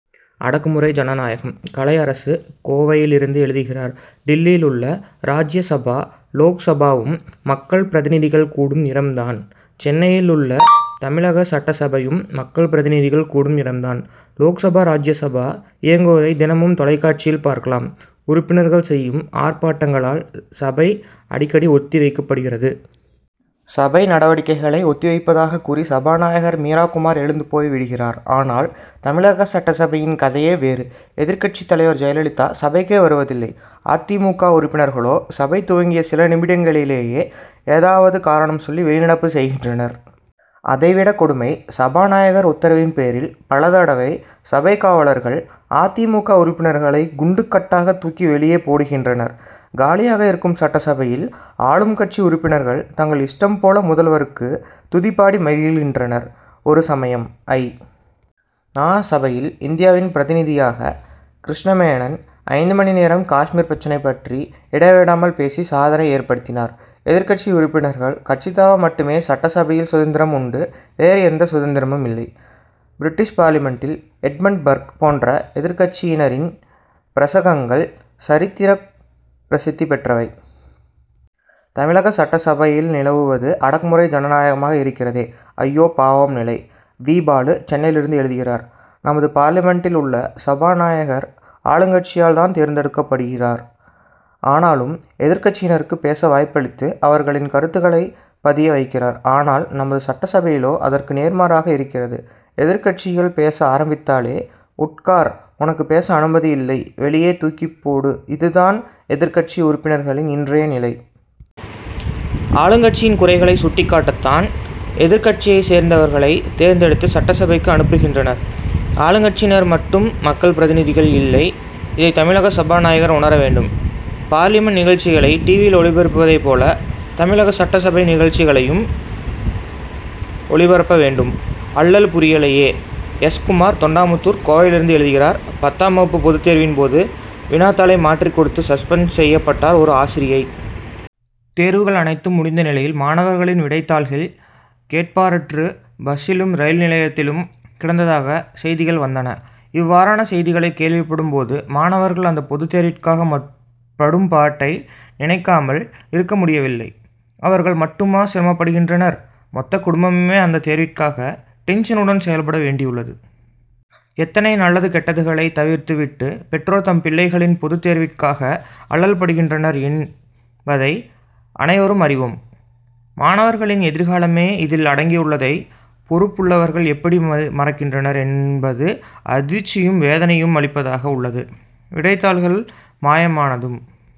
அடக்கு முறை ஜனநாயகம்! கலை அரசு கோவையிலிருந்து எழுதுகிறார் டில்லியில் உள்ள ராஜ்யசபா லோக்சபாவும் மக்கள் பிரதிநிதிகள் கூடும் இடம் தான் சென்னையில் உள்ள தமிழக சட்டசபையும் மக்கள் பிரதிநிதிகள் கூடும் இடம் தான். லோக்சபா ராஜ்யசபா இயங்குவதை தினமும் தொலைக்காட்சியில் பார்க்கலாம். உறுப்பினர்கள் செய்யும் ஆர்ப்பாட்டங்களால் சபை அடிக்கடி ஒத்தி வைக்கப்படுகிறது. சபை நடவடிக்கைகளை ஒத்தி வைப்பதாகக் கூறி சபாநாயகர் மீரா குமார் எழுந்து போய் விடுகிறார். ஆனால் தமிழக சட்டசபையின் கதையே வேறு. எதிர்க்கட்சித் தலைவர் ஜெயலலிதா சபைக்கே வருவதில்லை. அ. தி. மு. க. உறுப்பினர்களோ சபை துவங்கிய சில நிமிடங்களிலேயே ஏதாவது காரணம் சொல்லி வெளிநடப்பு செய்கின்றனர். அதைவிட கொடுமை சபாநாயகர் உத்தரவின் பேரில் பல தடவை சபைக் காவலர்கள் அ. தி. மு. க. உறுப்பினர்களைக் குண்டுக் கட்டாகத் தூக்கி வெளியே போடுகின்றனர். காலியாக இருக்கும் சட்டசபையில் ஆளும் கட்சி உறுப்பினர்கள் தங்கள் இஷ்டம் போல முதல்வருக்கு துதிபாடி மகிழ்கின்றனர். ஒரு சமயம் ஐ. நா. சபையில் இந்தியாவின் பிரதிநிதியாக கிருஷ்ணமேனன் ஐந்து மணி நேரம் காஷ்மீர் பிரச்னை பற்றி இடைவிடாமல் பேசி சாதனை ஏற்படுத்தினார். எதிர்க்கட்சி உறுப்பினர்கள் கட்சி தாவ மட்டுமே சட்டசபையில் சுதந்திரம் உண்டு வேறு எந்த சுதந்திரமும் இல்லை. பிரிட்டிஷ் பார்லிமென்டில் எட்மண்ட் பர்க் போன்ற எதிர்க்கட்சியினரின் பிரசங்கங்கள் சரித்திரப் பிரசித்தி பெற்றவை. தமிழக சட்டசபையில் நிலவுவது அடக்குமுறை ஜனநாயகமாக இருக்கிறதே! ஐயோ பாவம்நிலை! வி. பாலு சென்னையிலிருந்து எழுதுகிறார் நமது பார்லிமென்டில் உள்ள சபாநாயகர் ஆளுங்கட்சியால் தான் தேர்ந்தெடுக்கப்படுகிறார். ஆனாலும் எதிர்க்கட்சியினருக்கு பேச வாய்ப்பளித்து அவர்களின் கருத்துக்களை பதிய வைக்கிறார். ஆனால் நமது சட்டசபையிலோ அதற்கு நேர்மாறாக இருக்கிறது எதிர்க்கட்சிகள் பேச ஆரம்பித்தாலே உட்கார் உனக்கு பேச அனுமதி இல்லை வெளியே தூக்கிப் போடுஇதுதான் எதிர்க்கட்சி உறுப்பினர்களின் இன்றைய நிலை. ஆளுங்கட்சியின் குறைகளை சுட்டிக்காட்டத் தான் எதிர்க்கட்சியை சேர்ந்தவர்களை தேர்ந்தெடுத்து சட்டசபைக்கு அனுப்புகின்றனர். ஆளுங்கட்சியினர் மட்டும் மக்கள் பிரதிநிதிகள் இல்லை. இதை தமிழக சபாநாயகர் உணர வேண்டும். பார்லிமென்ட் நிகழ்ச்சிகளை டிவியில் ஒளிபரப்புவதை போல தமிழக சட்டசபை நிகழ்ச்சிகளையும் ஒளிபரப்ப வேண்டும். அல்லல்புரியலியே! எஸ். குமார் தொண்டாமுத்தூர் கோவையிலிருந்து எழுதுகிறார் பத்தாம் வகுப்பு பொதுத்தேர்வின் போது வினாத்தாளை மாற்றிக் கொடுத்து சஸ்பெண்ட் செய்யப்பட்டார் ஒரு ஆசிரியை. தேர்வுகள் அனைத்தும் முடிந்த நிலையில் மாணவர்களின் விடைத்தாள்கள் கேட்பாரன்று பஸ்சிலும் ரயில் நிலையத்திலும் கிடந்ததாக செய்திகள் வந்தன. இவ்வாறான செய்திகளைக் கேள்விப்படும் போது மாணவர்கள் அந்த பொதுத் தேர்விற்காக படும் பாட்டை நினைக்காமல் இருக்க முடியவில்லை. அவர்கள் மட்டுமா சிரமப்படுகின்றனர்? மொத்த குடும்பமே அந்த தேர்விற்காக டென்ஷனுடன் செயல்பட வேண்டியுள்ளது. எத்தனை நல்லது கெட்டதுகளை தவிர்த்து விட்டு பெற்றோர் தம் பிள்ளைகளின் பொதுத் தேர்விற்காக அல்லல்படுகின்றனர் என் பதை அனைவரும் அறிவோம். மாணவர்களின் எதிர்காலமே இதில் அடங்கி உள்ளதை பொறுப்புள்ளவர்கள் எப்படி மறக்கின்றனர் என்பது அதிர்ச்சியும் வேதனையும் அளிப்பதாக உள்ளது. விடைத்தாள்கள் மாயமானதும்